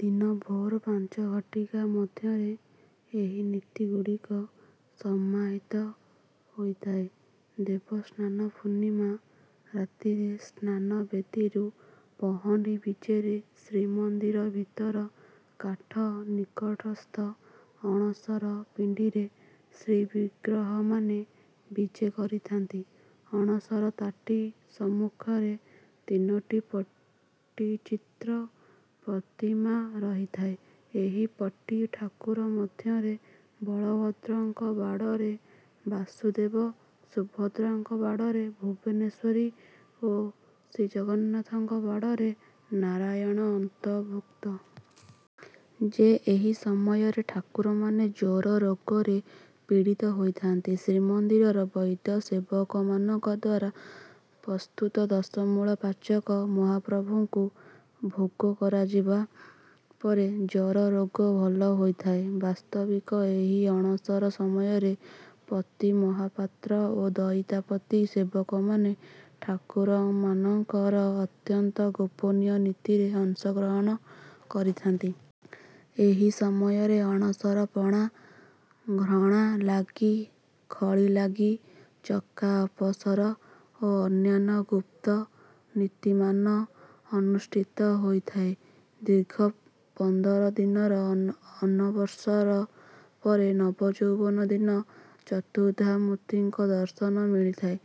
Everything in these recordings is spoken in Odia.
ଦିନ ଭୋର ପାଞ୍ଚ ଘଟିକା ମଧ୍ୟରେ ଏହି ନୀତିଗୁଡ଼ିକ ସମାହିତ ହୋଇଥାଏ। ଦେବସ୍ନାନ ପୂର୍ଣ୍ଣିମା ରାତ୍ରିରେ ସ୍ନାନବେଦୀରୁ ପହଣ୍ଡି ବିଜେରେ ଶ୍ରୀମନ୍ଦିର ଭିତର କାଠ ନିକଟସ୍ଥ ଅଣସର ପିଣ୍ଡିରେ ଶ୍ରୀବିଗ୍ରହମାନେ ବିଜେ କରିଥାନ୍ତି। ଅଣସର ତାଟି ସମ୍ମୁଖରେ ତିନୋଟି ପଟିଚିତ୍ର ପ୍ରତିମା ରହିଥାଏ। ଏହି ପଟି ଠାକୁର ମଧ୍ୟରେ ବଳଭଦ୍ରଙ୍କ ବାଡ଼ରେ ବାସୁଦେବ, ସୁଭଦ୍ରାଙ୍କ ବାଡ଼ରେ ଭୁବନେଶ୍ୱରୀ ଓ ଶ୍ରୀଜଗନ୍ନାଥଙ୍କ ବାଡ଼ରେ ନାରାୟଣ ଅନ୍ତର୍ଭୁକ୍ତ। ଯେ, ଏହି ସମୟରେ ଠାକୁରମାନେ ଜ୍ୱରରୋଗରେ ପୀଡ଼ିତ ହୋଇଥାନ୍ତି। ଶ୍ରୀମନ୍ଦିରର ବୈଦ୍ୟ ସେବକମାନଙ୍କ ଦ୍ୱାରା ପ୍ରସ୍ତୁତ ଦଶମୂଳ ପାଚକ ମହାପ୍ରଭୁଙ୍କୁ ଭୋଗ କରାଯିବା ପରେ ଜ୍ୱରରୋଗ ଭଲ ହୋଇଥାଏ। ବାସ୍ତବିକ ଏହି ଅଣସର ସମୟରେ ପତି ମହାପାତ୍ର ଓ ଦଇତାପତି ସେବକମାନେ ଠାକୁରମାନଙ୍କର ଅତ୍ୟନ୍ତ ଗୋପନୀୟ ନୀତିରେ ଅଂଶଗ୍ରହଣ କରିଥାନ୍ତି। ଏହି ସମୟରେ ଅଣସର ପଣା, ଘଣାଲାଗି, ଖଳିଲାଗି, ଚକା ଅପସର ଓ ଅନ୍ୟାନ୍ୟ ଗୁପ୍ତ ନୀତିମାନ ଅନୁଷ୍ଠିତ ହୋଇଥାଏ। ଦୀର୍ଘ ପନ୍ଦର ଦିନର ଅନ ଅନବସର ପରେ ନବଯୌବନ ଦିନ ଚତୁର୍ଦ୍ଧାମୂର୍ତ୍ତିଙ୍କ ଦର୍ଶନ ମିଳିଥାଏ।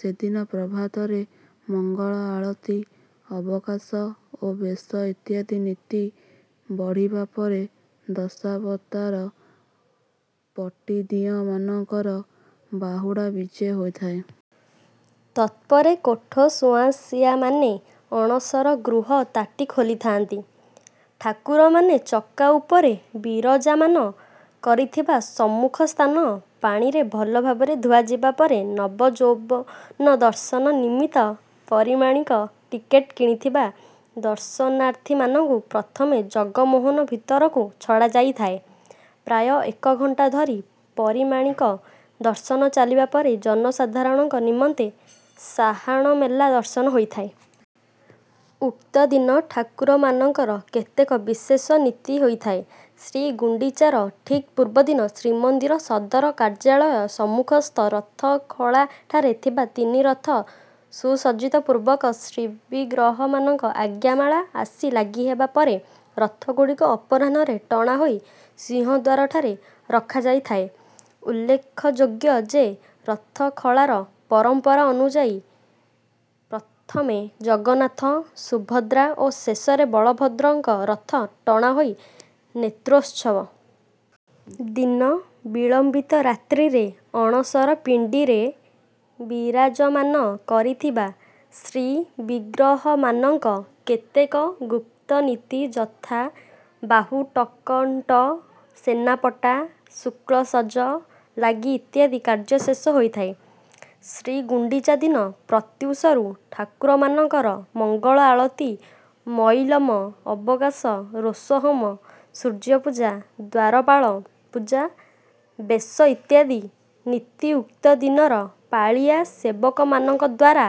ସେଦିନ ପ୍ରଭାତରେ ମଙ୍ଗଳ ଆଳତି, ଅବକାଶ ଓ ବେଶ ଇତ୍ୟାଦି ନୀତି ବଢ଼ିବା ପରେ ଦଶାବତାର ପଟିଦିଅଁମାନଙ୍କର ବାହୁଡ଼ା ବିଜେ ହୋଇଥାଏ। ତତ୍‌ପରେ କୋଠସୁଆଁସିଆମାନେ ଅଣସର ଗୃହ ତାଟି ଖୋଲିଥାନ୍ତି। ଠାକୁରମାନେ ଚକା ଉପରେ ବିରାଜମାନ କରିଥିବା ସମ୍ମୁଖସ୍ଥାନ ପାଣିରେ ଭଲ ଭାବରେ ଧୁଆଯିବା ପରେ ନବଯୌବନ ଦର୍ଶନ ନିମିତ୍ତ ପରିମାଣିକ ଟିକେଟ୍ କିଣିଥିବା ଦର୍ଶନାର୍ଥୀମାନଙ୍କୁ ପ୍ରଥମେ ଜଗମୋହନ ଭିତରକୁ ଛଡ଼ାଯାଇଥାଏ। ପ୍ରାୟ ଏକ ଘଣ୍ଟା ଧରି ପରିମାଣିକ ଦର୍ଶନ ଚାଲିବା ପରେ ଜନସାଧାରଣଙ୍କ ନିମନ୍ତେ ସାହାଣମେଲା ଦର୍ଶନ ହୋଇଥାଏ। ଉକ୍ତ ଦିନ ଠାକୁରମାନଙ୍କର କେତେକ ବିଶେଷ ନୀତି ହୋଇଥାଏ। ଶ୍ରୀଗୁଣ୍ଡିଚାର ଠିକ୍ ପୂର୍ବଦିନ ଶ୍ରୀମନ୍ଦିର ସଦର କାର୍ଯ୍ୟାଳୟ ସମ୍ମୁଖସ୍ଥ ରଥଖଳାଠାରେ ଥିବା ତିନି ରଥ ସୁସଜ୍ଜିତ ପୂର୍ବକ ଶ୍ରୀବିଗ୍ରହମାନଙ୍କ ଆଜ୍ଞାମାଳ ଆସି ଲାଗି ହେବା ପରେ ରଥଗୁଡ଼ିକ ଅପରାହ୍ନରେ ଟଣା ହୋଇ ସିଂହଦ୍ୱାରଠାରେ ରଖାଯାଇଥାଏ। ଉଲ୍ଲେଖଯୋଗ୍ୟ ଯେ, ରଥଖଳାର ପରମ୍ପରା ଅନୁଯାୟୀ ପ୍ରଥମେ ଜଗନ୍ନାଥ, ସୁଭଦ୍ରା ଓ ଶେଷରେ ବଳଭଦ୍ରଙ୍କ ରଥ ଟଣା ହୋଇଥାଏ। ନେତ୍ରୋତ୍ସବ ଦିନ ବିଳମ୍ବିତ ରାତ୍ରିରେ ଅଣସର ପିଣ୍ଡିରେ ବିରାଜମାନ କରିଥିବା ଶ୍ରୀବିଗ୍ରହମାନଙ୍କ କେତେକ ଗୁପ୍ତ ନୀତି, ଯଥା ବାହୁଟକଣ୍ଟ, ସେନାପଟା, ଶୁକ୍ଳସଜ ଲାଗି ଇତ୍ୟାଦି କାର୍ଯ୍ୟ ଶେଷ ହୋଇଥାଏ। ଶ୍ରୀଗୁଣ୍ଡିଚା ଦିନ ପ୍ରତ୍ୟୂଷରୁ ଠାକୁରମାନଙ୍କର ମଙ୍ଗଳ ଆଳତି, ମଇଲମ, ଅବକାଶ, ରୋଷହୋମ, ସୂର୍ଯ୍ୟପୂଜା, ଦ୍ୱାରପାଳ ପୂଜା, ବେଶ ଇତ୍ୟାଦି ନୀତି ଉକ୍ତ ଦିନର ପାଳିଆ ସେବକମାନଙ୍କ ଦ୍ୱାରା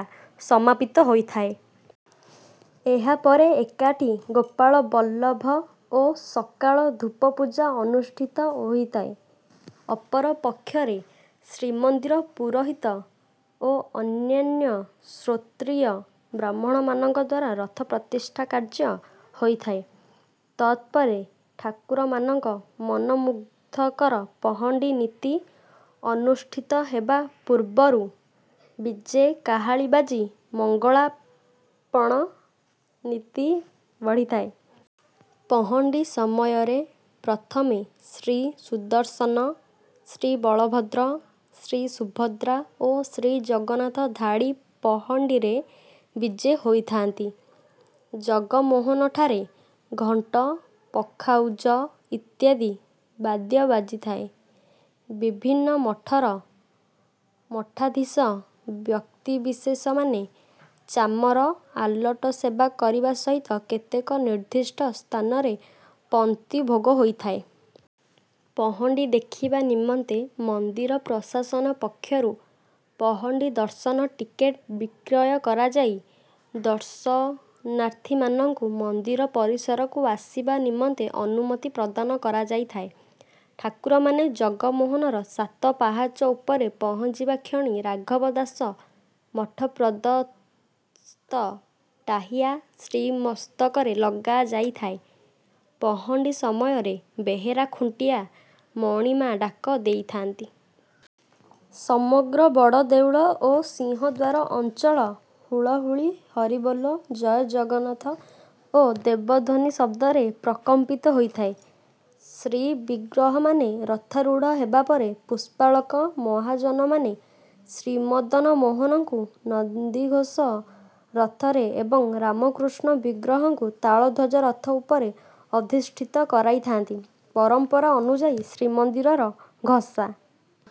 ସମାପିତ ହୋଇଥାଏ। ଏହାପରେ ଏକାଠି ଗୋପାଳବଲ୍ଲଭ ଓ ସକାଳ ଧୂପ ପୂଜା ଅନୁଷ୍ଠିତ ହୋଇଥାଏ। ଅପରପକ୍ଷରେ ଶ୍ରୀମନ୍ଦିର ପୁରୋହିତ ଓ ଅନ୍ୟାନ୍ୟ ଶ୍ରୋତ୍ରୀୟ ବ୍ରାହ୍ମଣମାନଙ୍କ ଦ୍ୱାରା ରଥ ପ୍ରତିଷ୍ଠା କାର୍ଯ୍ୟ ହୋଇଥାଏ। ତତ୍‌ପରେ ଠାକୁରମାନଙ୍କ ମନମୁଗ୍ଧକର ପହଣ୍ଡି ନୀତି ଅନୁଷ୍ଠିତ ହେବା ପୂର୍ବରୁ ବିଜେ କାହାଳୀ ବାଜି ମଙ୍ଗଳାର୍ପଣ ନୀତି ବଢ଼ିଥାଏ। ପହଣ୍ଡି ସମୟରେ ପ୍ରଥମେ ଶ୍ରୀସୁଦର୍ଶନ, ଶ୍ରୀବଳଭଦ୍ର, ଶ୍ରୀସୁଭଦ୍ରା ଓ ଶ୍ରୀଜଗନ୍ନାଥ ଧାଡ଼ି ପହଣ୍ଡିରେ ବିଜେ ହୋଇଥାନ୍ତି। ଜଗମୋହନଠାରେ ଘଣ୍ଟ, ପଖାଉଜ ଇତ୍ୟାଦି ବାଦ୍ୟ ବାଜିଥାଏ। ବିଭିନ୍ନ ମଠର ମଠାଧୀଶ, ବ୍ୟକ୍ତିବିଶେଷମାନେ ଚାମର, ଆଲଟ ସେବା କରିବା ସହିତ କେତେକ ନିର୍ଦ୍ଦିଷ୍ଟ ସ୍ଥାନରେ ପନ୍ତି ଭୋଗ ହୋଇଥାଏ। ପହଣ୍ଡି ଦେଖିବା ନିମନ୍ତେ ମନ୍ଦିର ପ୍ରଶାସନ ପକ୍ଷରୁ ପହଣ୍ଡି ଦର୍ଶନ ଟିକେଟ୍ ବିକ୍ରୟ କରାଯାଇ ଦର୍ଶନାର୍ଥୀମାନଙ୍କୁ ମନ୍ଦିର ପରିସରକୁ ଆସିବା ନିମନ୍ତେ ଅନୁମତି ପ୍ରଦାନ କରାଯାଇଥାଏ। ଠାକୁରମାନେ ଜଗମୋହନର ସାତ ପାହାଚ ଉପରେ ପହଞ୍ଚିବା କ୍ଷଣି ରାଘବ ଦାସ ମଠ ପ୍ରଦତ୍ତ ଟାହିଆ ଶ୍ରୀମସ୍ତକରେ ଲଗାଯାଇଥାଏ। ପହଣ୍ଡି ସମୟରେ ବେହେରା ଖୁଣ୍ଟିଆ 'ମଣିମା' ଡାକ ଦେଇଥାନ୍ତି। ସମଗ୍ର ବଡ଼ ଦେଉଳ ଓ ସିଂହଦ୍ୱାର ଅଞ୍ଚଳ ହୁଳହୁଳି, ହରିବୋଲ, ଜୟ ଜଗନ୍ନାଥ ଓ ଦେବଧ୍ୱନି ଶବ୍ଦରେ ପ୍ରକମ୍ପିତ ହୋଇଥାଏ। ଶ୍ରୀବିଗ୍ରହମାନେ ରଥାରୂଢ଼ ହେବାପରେ ପୁଷ୍ପାଳକ ମହାଜନମାନେ ଶ୍ରୀମଦନମୋହନଙ୍କୁ ନନ୍ଦିଘୋଷ ରଥରେ ଏବଂ ରାମ, କୃଷ୍ଣ ବିଗ୍ରହଙ୍କୁ ତାଳଧ୍ୱଜ ରଥ ଉପରେ ଅଧିଷ୍ଠିତ କରାଇଥାନ୍ତି। ପରମ୍ପରା ଅନୁଯାୟୀ ଶ୍ରୀମନ୍ଦିରର ଘସା...